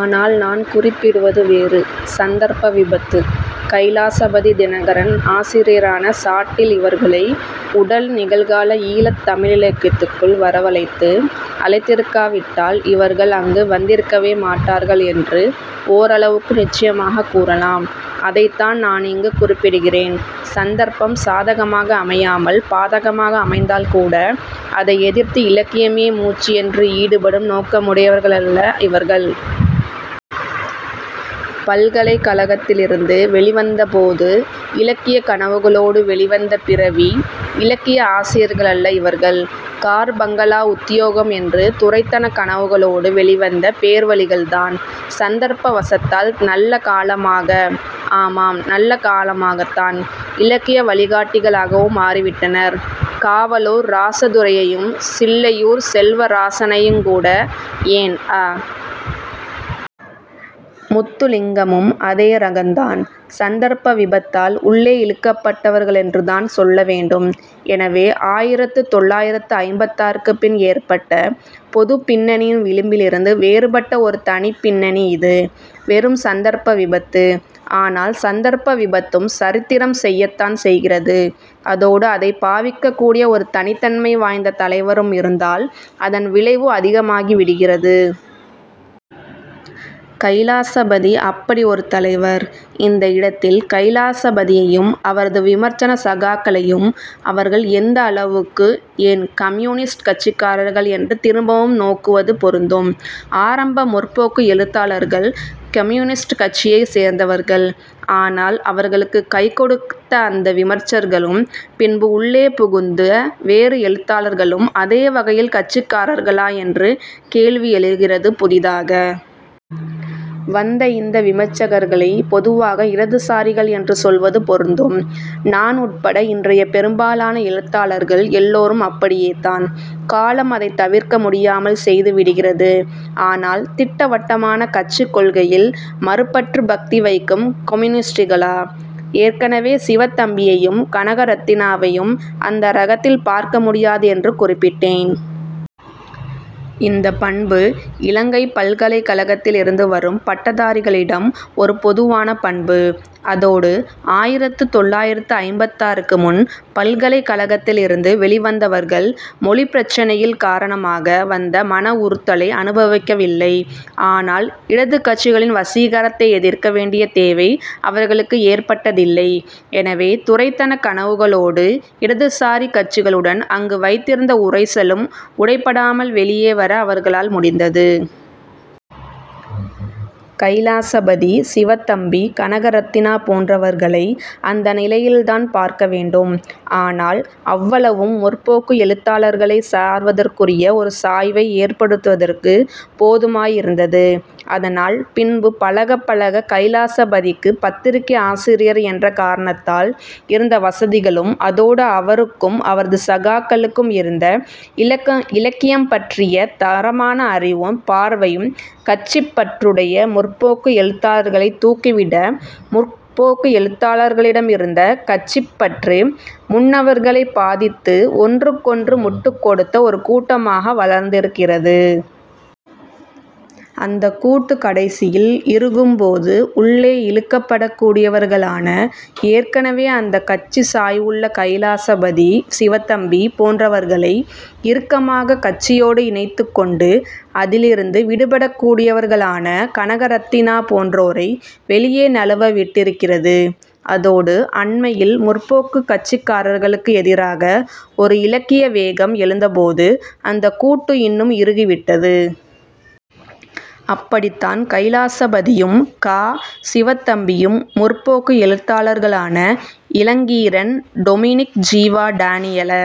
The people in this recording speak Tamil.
ஆனால் நான் குறிப்பிடுவது வேறு. சந்தர்ப்ப விபத்து. கைலாசபதி தினகரன் ஆசிரியரான சாட்டில் இவர்களை உடன்நிகழ்கால ஈழத் தமிழிலக்கியத்துக்குள் வரவழைத்து அழைத்திருக்காவிட்டால் இவர்கள் அங்கு வந்திருக்கவே மாட்டார்கள் என்று ஓரளவுக்கு நிச்சயமாகக் கூறலாம். அதைத்தான் நான் இங்கு குறிப்பிடுகிறேன். சந்தர்ப்பம் சாதகமாக அமையாமல் பாதகமாக அமைந்தால்கூட அதை எதிர்த்து இலக்கியமே மூச்சு என்று ஈடுபடும் நோக்கமுடையவர்களல்ல இவர்கள். பல்கலைக் கழகத்திலிருந்து வெளிவந்த போது இலக்கியக் கனவுகளோடு வெளிவந்த பிறவி இலக்கிய ஆசிரியர்களல்ல இவர்கள். கார் பங்களா உத்தியோகம் என்று துரைத்தனக் கனவுகளோடு வெளிவந்த பேர்வழிகள்தான். சந்தர்ப்ப வசத்தால் நல்லகாலமாக, ஆமாம் நல்லகாலமாகத்தான், இலக்கிய வழிகாட்டிகளாகவும் மாறிவிட்டனர். காவலூர் ராசதுரையையும் சில்லையூர் செல்வராசனையுங்கூட ஏன் அ. முத்துலிங்கமும் அதே ரகந்தான் சந்தர்ப்ப விபத்தால் உள்ளே இழுக்கப்பட்டவர்களென்றுதான் சொல்ல வேண்டும். எனவே ஆயிரத்து தொள்ளாயிரத்து ஐம்பத்தாறுக்குப் பின் ஏற்பட்ட பொதுப் பின்னணியின் விழிம்பிலிருந்து வேறுபட்ட ஒரு தனிப் பின்னணி இது. வெறும் சந்தர்ப்ப விபத்து. ஆனால் சந்தர்ப்ப விபத்தும் சரித்திரம் செய்யத்தான் செய்கிறது. அதோடு அதை பாவிக்கக் கூடிய ஒரு தனித்தன்மை வாய்ந்த தலைவரும் இருந்தால் அதன் விளைவு அதிகமாகி விடுகிறது. கைலாசபதி அப்படி ஒரு தலைவர். இந்த இடத்தில் கைலாசபதியையும் அவரது விமர்சன சகாக்களையும் அவர்கள் எந்தளவுக்கு, ஏன் கம்யுனிஸ்ட் கட்சிக்காரர்கள் என்று திரும்பவும் நோக்குவது பொருந்தும். ஆரம்ப முற்போக்கு எழுத்தாளர்கள் கம்யுனிஸ்ட் கட்சியைச் சேர்ந்தவர்கள். ஆனால் அவர்களுக்குக் கைகொடுத்த அந்த விமர்சர்களும் பின்பு உள்ளே புகுந்த வேறு எழுத்தாளர்களும் அதே வகையில் கட்சிக்காரர்களா என்று கேள்வி எழுகிறது. புதிதாக வந்த இந்த விமர்சகர்களைப் பொதுவாக இடதுசாரிகள் என்று சொல்வது பொருந்தும். நான் உட்பட இன்றைய பெரும்பாலான எழுத்தாளர்கள் எல்லோரும் அப்படியேதான். காலம் அதைத் தவிர்க்க முடியாமல் செய்துவிடுகிறது. ஆனால், திட்டவட்டமான கட்சிக் கொள்கையில் மறுப்பற்று பக்தி வைக்கும் கம்யூனிஸ்ட்களா? ஏற்கனவே சிவத்தம்பியையும் கனகரத்தினாவையும் அந்த ரகத்தில் பார்க்க முடியாது என்று குறிப்பிட்டேன். இந்தப் பண்பு இலங்கைப் பல்கலைக்கழகத்திலிருந்து வரும் பட்டதாரிகளிடம் ஒரு பொதுவான பண்பு. அதோடு ஆயிரத்து தொள்ளாயிரத்து ஐம்பத்தாறுக்கு முன் பல்கலைக் கழகத்திலிருந்து வெளிவந்தவர்கள் மொழிப்பிரச்சினையில் காரணமாக வந்த மன உறுத்தலை அனுபவிக்கவில்லை. அதனால் இடதுக் கட்சிகளின் வசீகரத்தை எதிர்க்க வேண்டிய தேவை அவர்களுக்கு ஏற்பட்டதில்லை. எனவே துரைத்தனக் கனவுகளோடு இடதுசாரிக் கட்சிகளுடன் அங்கு வைத்திருந்த உரைசலும் உடைபடாமல் வெளியே வர அவர்களால் முடிந்தது. கைலாசபதி, சிவத்தம்பி, கனகரத்தினா போன்றவர்களை அந்த நிலையில்தான் பார்க்க வேண்டும். ஆனால் அவ்வளவும் 'முற்போக்கு' எழுத்தாளர்களைச் சார்வதற்குரிய ஒரு சாய்வை ஏற்படுத்துவதற்கு போதுமாய் இருந்தது. அதனால் பின்பு பழகப் பழக கைலாசபதிக்கு பத்திரிகை ஆசிரியர் என்ற காரணத்தால் இருந்த வசதிகளும் அதோடு அவருக்கும் அவரது சகாக்களுக்கும் இருந்த இலக்கியம் பற்றிய தரமான அறிவும் பார்வையும் கட்சிப் பற்றுடைய 'முற்போக்கு' எழுத்தாளர்களைத் தூக்கிவிட முற்போக்கு எழுத்தாளர்களிடமிருந்த கட்சிப்பற்று முன்னவர்களைப் பாதித்து ஒன்றுக்கொன்று முட்டுக் கொடுத்த ஒரு கூட்டாக வளர்ந்திருக்கிறது. அந்தக் கூட்டு கடைசியில் இறுகும் போது உள்ளே இழுக்கப்படக்கூடியவர்களான ஏற்கனவே அந்தக் கட்சிச் சாய்வுள்ள கைலாசபதி சிவத்தம்பி போன்றவர்களை இறுக்கமாகக் கட்சியோடு இணைத்துக்கொண்டு அதிலிருந்து விடுபடக்கூடியவர்களான கனகரத்தினா போன்றோரை வெளியே நழுவவிட்டிருக்கிறது. அதோடு அண்மையில் முற்போக்குக் கட்சிக்காரர்களுக்கு எதிராக ஒரு இலக்கிய வேகம் எழுந்தபோது அந்தக் கூட்டு இன்னும் இறுகிவிட்டது. அப்படித்தான் கைலாசபதியும் கா. சிவத்தம்பியும் முற்போக்கு எழுத்தாளர்களான இளங்கீரன் டொமினிக் ஜீவா டானியல